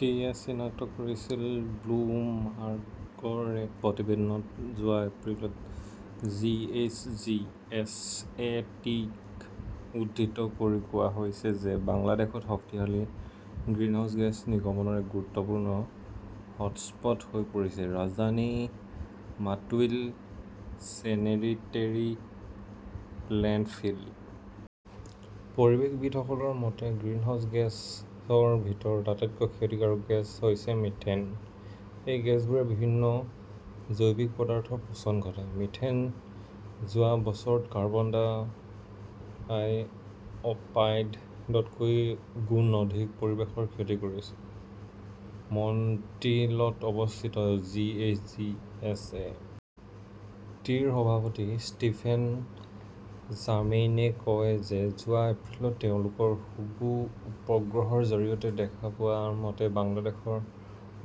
T. য়ে চিনাক্ত কৰিছিল। ব্লুমবাৰ্গৰ এক প্ৰতিবেদনত যোৱা এপ্ৰিলত G. H. G. S. A. T. -ক উদ্ধৃত কৰি কোৱা হৈছে যে বাংলাদেশত শক্তিশালী গ্ৰীণহাউছ গেছ নিৰ্গমনৰ এক গুৰুত্বপূৰ্ণ হটস্পট হৈ পৰিছে ৰাজধানীৰ মাটুইল ছেনিটেৰী লেণ্ডফিল। পৰিৱেশবিদসকলৰ মতে, গ্ৰিনহাউজ গেছৰ ভিতৰত আটাইতকৈ ক্ষতিকাৰক হৈছে মিথেন। এই গেছবোৰে বিভিন্ন জৈৱিক পদাৰ্থৰ পচন ঘটায়। মিথেনে যোৱা বছৰত কাৰ্বন ডাই-অপাইডতকৈ গুণ অধিক পৰিৱেশৰ ক্ষতি কৰিছে। মণ্ট্ৰিলত অৱস্থিত G. H. G. S. A. T. -ৰ সভাপতি ষ্টিফেন জাৰ্মেইনে কয় যে যোৱা এপ্ৰিলত তেওঁলোকৰ হুগো উপগ্ৰহৰ জৰিয়তে দেখা পোৱা মতে বাংলাদেশৰ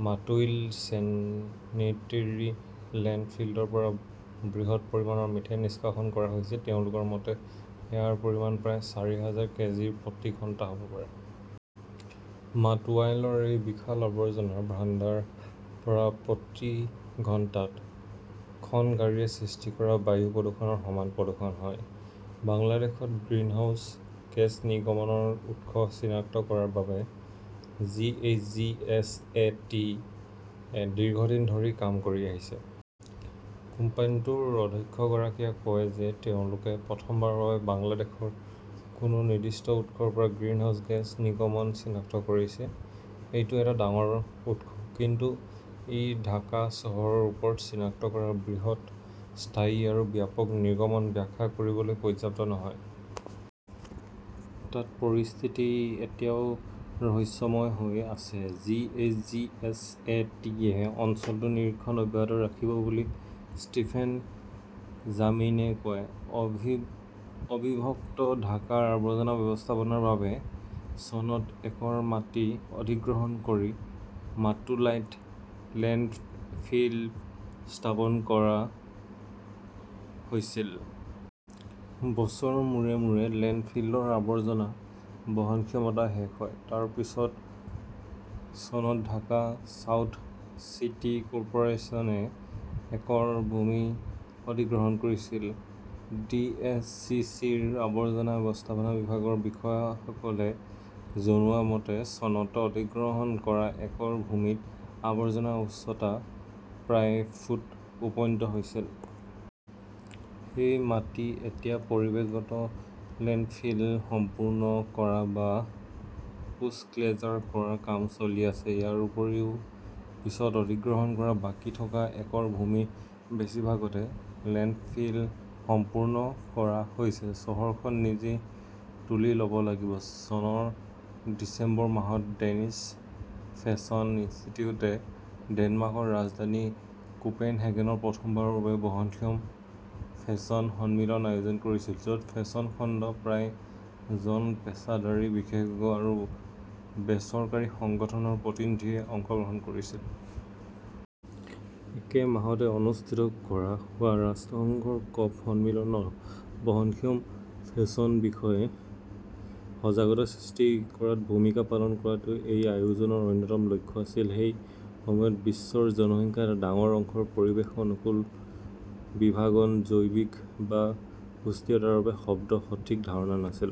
মাটুৱাইল ছেনিটেৰী লেণ্ডফিলৰ পৰা বৃহৎ পৰিমাণৰ মিথেন নিষ্কাশন কৰা হৈছে। তেওঁলোকৰ মতে, ইয়াৰ পৰিমাণ প্ৰায় চাৰি হাজাৰ কেজি প্ৰতি ঘণ্টাত হ 'ব পাৰে। মাটৱাইলৰ এই বিশাল আৱৰ্জনা ভাণ্ডাৰৰ পৰা প্ৰতি ঘণ্টাত, খন গাড়ীয়ে সৃষ্টি কৰা বায়ু প্ৰদূষণৰ সমান প্ৰদূষণ হয়। বাংলাদেশত গ্ৰিনহাউজ গেছ নিৰ্গমনৰ উৎস চিনাক্ত কৰাৰ বাবে G. H. G. S. A. T. -য়ে দীৰ্ঘদিন ধৰি কাম কৰি আহিছে। কোম্পানীটোৰ অধ্যক্ষগৰাকীয়ে কয় যে তেওঁলোকে প্ৰথমবাৰৰ বাবে বাংলাদেশৰ কোনো নিৰ্দিষ্ট উৎসৰ পৰা গ্ৰিনহাউজ গেছৰ নিৰ্গমন চিনাক্ত কৰিছে। এইটো এটা ডাঙৰ উৎস, কিন্তু ই ঢাকা চহৰৰ ওপৰত চিনাক্ত কৰা বৃহৎ, স্থায়ী আৰু ব্যাপক নিৰ্গমন ব্যাখ্যা কৰিবলৈ পৰ্যাপ্ত নহয়। তাত পৰিস্থিতি এতিয়াও ৰহস্যময় হৈ আছে। G. H. G. S. A. T. -য়ে অঞ্চলটো নিৰীক্ষণ অব্যাহত ৰাখিব বুলি ষ্টিফেন জাৰ্মেইনে কয়। অবিভক্ত ঢাকাৰ আৱৰ্জনা ব্যৱস্থাপনাৰ বাবে চনত একৰ মাটি অধিগ্ৰহণ কৰি মাটুতাইলত লেণ্ডফিল স্থাপন কৰা হৈছিল। বছৰৰ মূৰে মূৰে লেণ্ডফিলৰ আৱৰ্জনা বহনক্ষমতা শেষ হয়। তাৰ পিছত চনত ঢাকা চাউথ চিটি কৰ্পোৰেচন -এ আৰু একৰ ভূমি অধিগ্ৰহণ কৰিছিল। ডি. এছ. চি. চি. -ৰ আৱৰ্জনা ব্যৱস্থাপনা বিভাগৰ বিষয়াসকলে জনোৱা মতে চনত অধিগ্ৰহণ কৰা একৰ ভূমিত আৱৰ্জনাৰ উচ্চতা প্ৰায় ফুটত উপনীত হৈছিল। সেই মাটিত এতিয়া পৰিৱেশগতভাৱে লেণ্ডফিল সম্পূৰ্ণ কৰা বা পোষ্টক্লজাৰ কৰাৰ কাম চলি আছে। ইয়াৰ উপৰিও পিছত অধিগ্ৰহণ কৰা বাকী থকা একৰ ভূমিৰ বেছিভাগতে লেণ্ডফিল সম্পূৰ্ণ কৰা হৈছে। চহৰখন নিজেই তুলি ল'ব লাগিব। চনৰ ডিচেম্বৰ মাহত ডেনিছ ফেশ্বন ইনষ্টিটিউট-এ ডেনমাৰ্কৰ ৰাজধানী কোপেন হেগেনত প্ৰথমবাৰৰ বাবে বহনক্ষম ফেশ্বন সন্মিলনৰ আয়োজন কৰিছিল; য'ত ফেশ্বন খণ্ডৰ প্ৰায় জন পেছাদাৰী, বিশেষজ্ঞ আৰু বেচৰকাৰী সংগঠনৰ প্ৰতিনিধিয়ে অংশগ্ৰহণ কৰিছিল। একে মাহত অনুষ্ঠিত হোৱা ৰাষ্ট্ৰসংঘৰ কপ- সন্মিলনত বহনক্ষম ফেশ্বনৰ বিষয়ে সজাগতা সৃষ্টি কৰাত ভূমিকা পালন কৰাটো এই আয়োজনৰ অন্যতম লক্ষ্য আছিল। সেই সময়ত বিশ্বৰ জনসংখ্যাৰ এটা ডাঙৰ অংশৰ পৰিৱেশ-অনুকূল, ভিগান, জৈৱিক বা সুস্থিৰতাৰ দৰে শব্দৰ সঠিক ধাৰণা নাছিল।